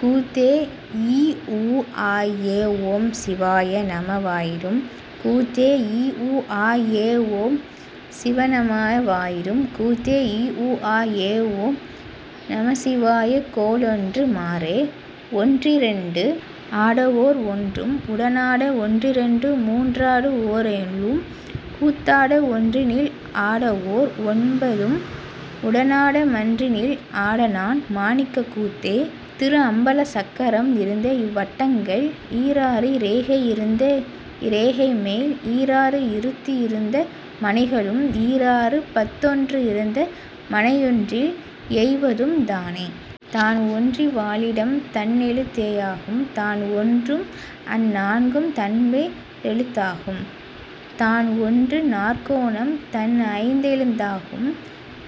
கூத்தே ஈஊஆஏஓம் சிவாய நம வாயிடும் கூத்தே ஈஊஆஏஓம் சிவயநம வாயிடும் கூத்தே இஊஆஏஓம் நமசிவாய கோளொன்று மாறே. ஒன்றிரண்டு ஆடவோர் ஒன்றும் உடனாட ஒன்றிரண்டு மூன்றாட ஓரேழும் ஒத்தாட ஒன்றினில் ஆடவோர் ஒன்பதும் உடனாட மன்றினில் ஆடனான் மாணிக்கக் கூத்தே.. திருஅம்பலச் சக்கரம் இருந்தஇவ் வட்டங்கள் ஈராறி ரேகை இருந்த இரேகைமேல் ஈராறு இருத்தி இருந்த மனைகளும் ஈராறு பத்தொன்று இருந்த மனையொன்றில் எய்வதும் தானே. தான்ஒன்றி வாழிடம் தன்எழுத் தேயாகும் தான்ஒன்றும் அந்நான்கும் தன்பே ரெழுத்தாகும் தான்ஒன்று நாற்கோணம் தன்ஐந் தெழுத்தாகும்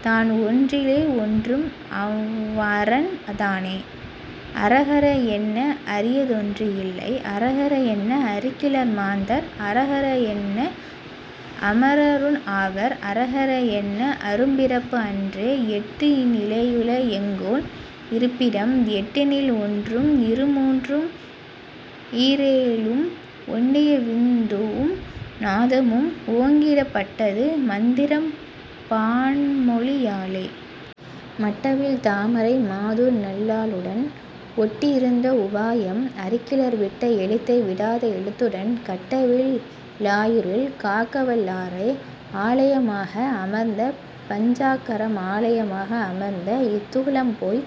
தான்ஒன்றி லேஒன்றும் அவ்அரன் தானே. அரகர என்ன அரியதொன்று இல்லை அரகர என்ன அறிகிலர் மாந்தர் அரகர என்ன அமரரும் ஆவர் அரகர என்ன அறும்பிறப்பு அன்றே. எட்டு நிலையுள எங்கோன் இருப்பிடம் எட்டினில் ஒன்றும் இருமூன்றும் ஈரேழும் ஒட்டிய விந்துவும் நாதமும் ஓங்கிடப் பட்டது மந்திரம் பான்மொழி யாலே. மட்டவிழ் தாமரை மாதுநல் லாளுடன் ஒட்டி இருந்த உபாயம் அறிகிலர் விட்ட எழுத்தை விடாத எழுத்துடன் கட்டவில் லாருயிர் காக்கவல் லாரே. ஆலய மாக அமர்ந்தபஞ் சாக்கரம் ஆலய மாக அமர்ந்தஇத் தூலம்போய்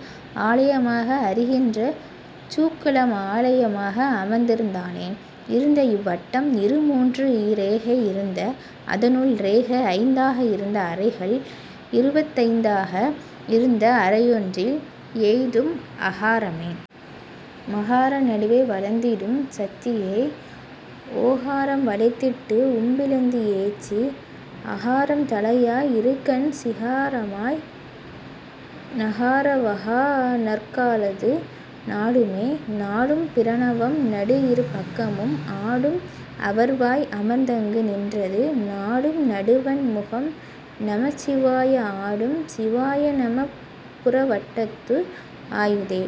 ஆலய மாக அறிகின்ற சூக்குமம் ஆலய மாக அமர்ந்திருந் தானே. இருந்த இவ்வட்டம் இருமூன்றுஇ ரேகை இருந்த அதனுள் இரேகை ஐந்தாக இருந்த அறைகள் இருபத்துஐஞ் சாக இருந்த அறையொன்றில் எய்தும் அகாரமே. மகார நடுவே வளைத்திடும் சத்தியை ஓகாரம் வளைத்திட்டு உம்பிளந்து ஏற்றி அகாரம் தலையாய் இருகண் சிகாரமாய் நகார வகாரநற் காலது நாடுமே. நாடும் பிரணவம் நடுஇரு பக்கமும் ஆடும் அவர்வாய் அமர்ந்தங்கு நின்றது நாடும் நடுவண் முகம்நம சிவாய ஆடும் சிவாயநம புறவட்டத்து ஆயதே.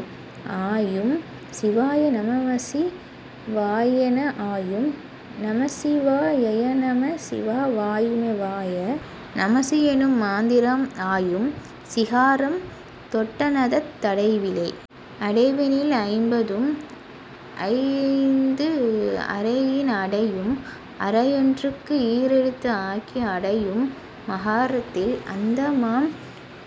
ஆயும் சிவாய நமமசி வாயந ஆயும் நமசிவா யயநம சிவா வாயுமே வாய நமசியெனும் மந்திரம் ஆயும் சிகாரம் தொட்டநதத் தடைவிலே. அடைவினில் ஐம்பதும் ஐஐந்து அறையின் அடையும் அறையொன்றுக்கு ஈரெழுத்து ஆக்கி அடையும் மகாரத்தில் அந்தமாம்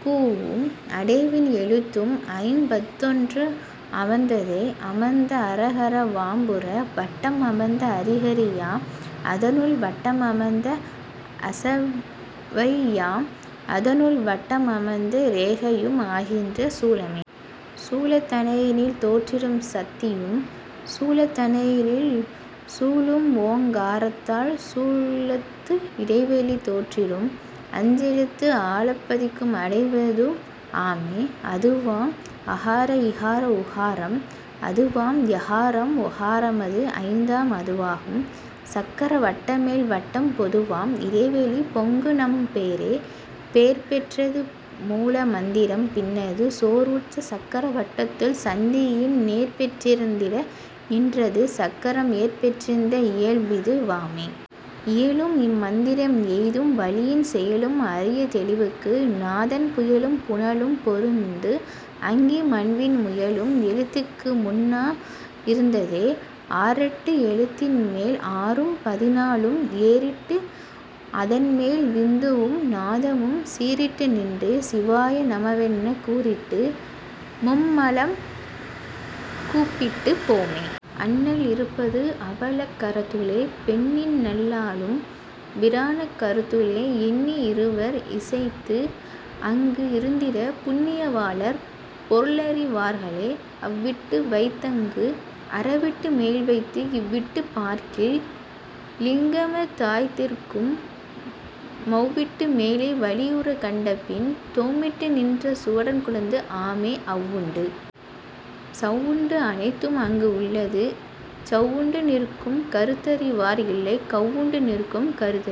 க்ஷவ்வும் அடைவின் எழுத்துஐம் பத்தொன்றும் அமர்ந்ததே. அமர்ந்த அரகர வாம்புற வட்டம் அமர்ந்த அரிகரி யாம் அதனுள் வட்டம் அமர்ந்த அசபை யாம் அதனுள்வட்டம் அமர்ந்தஇ ரேகையும் ஆகின்ற சூலமே. சூலத் தலையினில் தோற்றிடும் சத்தியும் சூலத் தலையினில் சூழும்ஓங் காரத்தால் சூலத்து இடைவெளி தோற்றிடும் அஞ்செழுத்து ஆலப் பதிக்கும் அடைவதும் ஆமே. அதுவாம் அகார இகார உகாரம் அதுவாம் எகாரம் ஓகாரமது ஐந்தாம் அதுவாகும் சக்கர வட்டமேல் வட்டம் பொதுவாம் இடைவெளி பொங்குநம் பேரே. பேர்பெற் றதுமூல மந்திரம் பின்னது சோர்வுற்ற சக்கர வட்டத்துள் சந்தியின் நேர்பெற் றிருந்திட நின்றது சக்கரம் ஏர்பெற் றிருந்த இயல்பிது வாமே. இயலும் இம் மந்திரம் எய்தும் வழியின் செயலும் அறியத் தெளிவிக்கு நாதன் புயலும் புனலும் பொருந்துஅங்கி மண்விண் முயலும் எழுத்துக்கு முன்னா இருந்ததே. ஆறெட்டு எழுத்தின்மேல் ஆறும் பதினாலும் ஏறிட்டு அதன்மேல் விந்துவும் நாதமும் சீறிட்டு நின்று சிவாய நமவென்னக் கூறிட்டு மும்மலம் கூப்பிட்டுப் போமே. அண்ணல் இருப்பது அவள்அக் கரத்துளே பெண்ணின்நல் லாளும் பிரானக் கரத்துளே எண்ணி இருவர் இசைந்துஅங்கு இருந்திடப் புண்ணிய வாளர் பொருளறி வார்களே. அவ்விட்டு வைத்தங்கு அரவிட்டு மேல்வைத்து இவ்விட்டுப் பார்க்கில் இலிங்கம தாய்நிற்கும் மவ்விட்டு மேலே வளியுறக் கண்டபின் தொம்மிட்டு நின்ற சுடர்க்கொழுந்து ஆமே. அவ்வுண்டு சவ்வுண்டு அனைத்தும் அங்கு உள்ளது சவ்வுண்டு நிற்கும் கருத்தறி வார்இல்லை கவ்வுண்டு நிற்கும் கருத்தறி